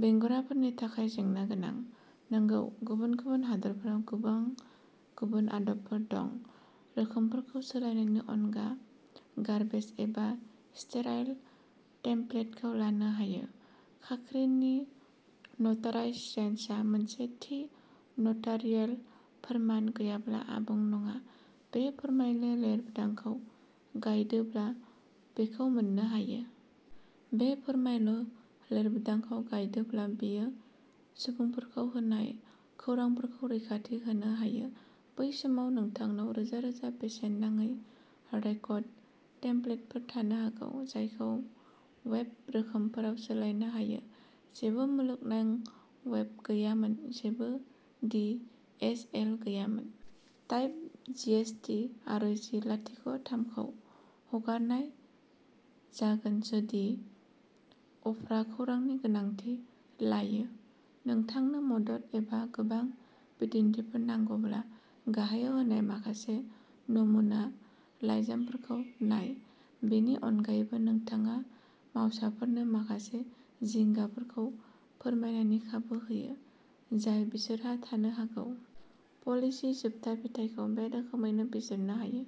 बेंगुराफोरनि थाखाय जेंना गोनां। नंगौ गुबुन गुबुन हादोरफोराव गोबां गुबुन आदबफोर दं। रोखोमफोरखौ सोलायनायनि अनगा गार्बेज एबा स्टेराइल टेमप्लेटखौ लानो हायो। खाख्रिनि नटाराइजेसनआ मोनसे थि नटारियेल फोरमान गैयाब्ला आबुं नङा। बे फोरमायलु लिरबिदांखौ गायदोब्ला बेखौ मोननो हायो। बे फोरमायलु लिरबिदांखौ गायदोब्ला बेयो सुबुंफोरखौ होनाय खौरांफोरखौ रैखाथि होनो हायो। बै समाव नोंथांनाव रोजा रोजा बेसेन नाङै रेकर्ड टेमप्लेटफोर थानो हागौ जायखौ वेब रोखोमफोराव सोलायनो हायो। जेबो मुलुगनां वेब गैयामोन, जेबो डि एस एल गैयामोन। टाइप जिएसटि आरइजि लाथिख’ थामखौ हगारनाय जागोन जुदि उफ्रा खौरांनि गोनांथि लायो। नोंथांनो मदद एबा गोबां बिदिन्थिफोर नांगौब्ला गाहायाव होनाय माखासे नमुना लाइजामफोरखौ नाय। बेनि अनगायैबो, नोंथाङा मावसाफोरनो माखासे जिंगाफोरखौ फोरमायनायनि खाबु होयो, जाय बिसोरहा थानो हागौ। पलिसि जोबथा फिथायखौ बे रोखोमैनो बिजिरनो हायो,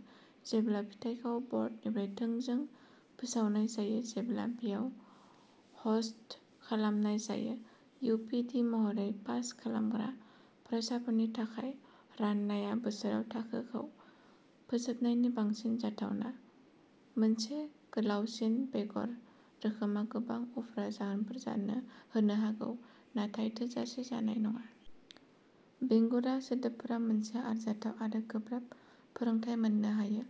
जेब्ला फिथाइखौ बर्डनिफ्राय थोंजों फोसावनाय जायो, जेब्लाबो बेयाव ह'स्ट खालामनाय जायो। इउ पि डि महरै, पास खालामग्रा फरायसाफोरनि थाखो राननाया बोसोराव थाखोखौ फोजोबनायनि बांसिन जाथावना। मोनसे गोलावसिन बेगर रोखोमआ गोबां उफ्रा जाहोनफोर होनो हागौ, नाथाय थोजासे जानाय नङा। बेंगुरा सुबुंफोरा मोनसे आरजाथाव आरो गोब्राब फोरोंथाय मोननो हायो,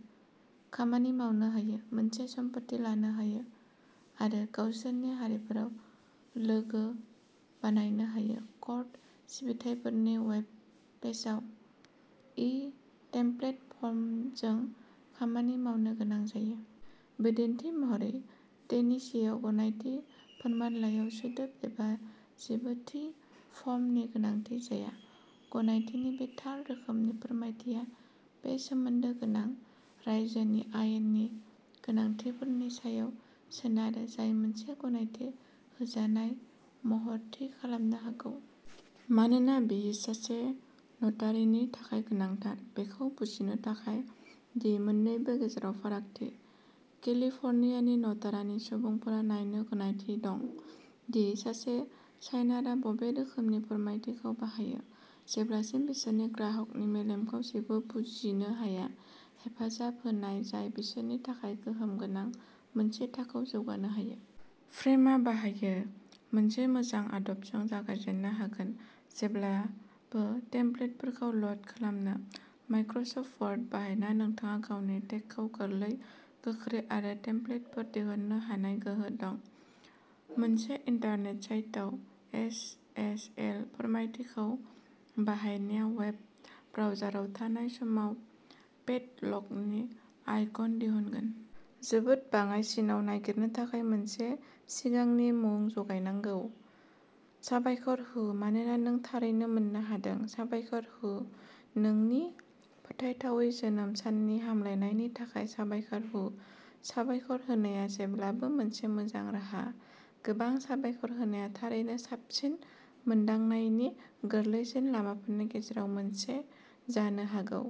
खामानि मावनो हायो, मोनसे सम्पथि लानो हायो, आरो गावसोरनि हारिफोराव लोगो बानायनो हायो। कर्ट सिबिथाइफोरनि वेब पेजआव इ टेमप्लेट फर्मजों खामानि मावनो गोनां जायो। बिदिन्थि महरै, टेनेसीआव गनायथि फोरमानलाइयाव सोदोब एबा जेबो थि फर्मनि गोनांथि जाया। गनायथिनि बे थार रोखोमनि फोरमानथिया बे सोमोन्दो गोनां रायजोनि आयेननि गोनांथिफोरनि सायाव सोनारो, जाय मोनसे गनायथि होजानाय महर थि खालामनो हागौ। मानोना बेयो सासे नटारीनि थाखाय गोनांथार। बेखौ बुजिनो थाखाय दि मोननैनिबो गेजेराव फारागथि, केलिफर्नियानि नटारि सुबुंफोरा नायनो गनायथि दं दि सासे साइनारआ बबे रोखोमनि फोरमानथिखौ बाहायो। जेब्लासिम बिसोरनि ग्राहकनि मेलेमखौ जेबो बुजिनो हाया, हेफाजाब होनाय जाय बिसोरनि थाखाय गोहोम गोनां, मोनसे थाखोआव जौगानो हायो। फ्रेमआ बाहायो। मोनसे मोजां आदबजों जागायजेननो हागोन, जेब्लाबो टेमप्लेटफोरखौ ल'ड खालामनो। माइक्र'सफ्ट वर्डखौ बाहायना, नोंहा गावनि टेगखौ गोरलै, गोख्रै आरो टेमप्लेटफोर दिहुननो हानाय गोहो दं। मोनसे इन्टारनेट साइटआव एस एस एल फोरमानथिखौ बाहायनाया वेब ब्राउजाराव थानाय समाव पेड लकनि आइकन दिहुनगोन। जोबोद बाङाइसिनाव नागिरनो थाखाय मोनसे सिगांनि मुं जगायनांगौ। साबायखर हो, मानोना नों थारैनो मोननो हादों। साबायखर हो। नोंनि फोथायथावै जोनोम साननि हामलायनायनि थाखाय साबायखर हो साबायखर होनाया जेब्लाबो मोनसे मोजां राहा। गोबां साबायखर होनाया थारैनो साबसिन मोनदांनायनि गोरलैसिन लामाफोरनि गेजेराव मोनसे जानो हागौ।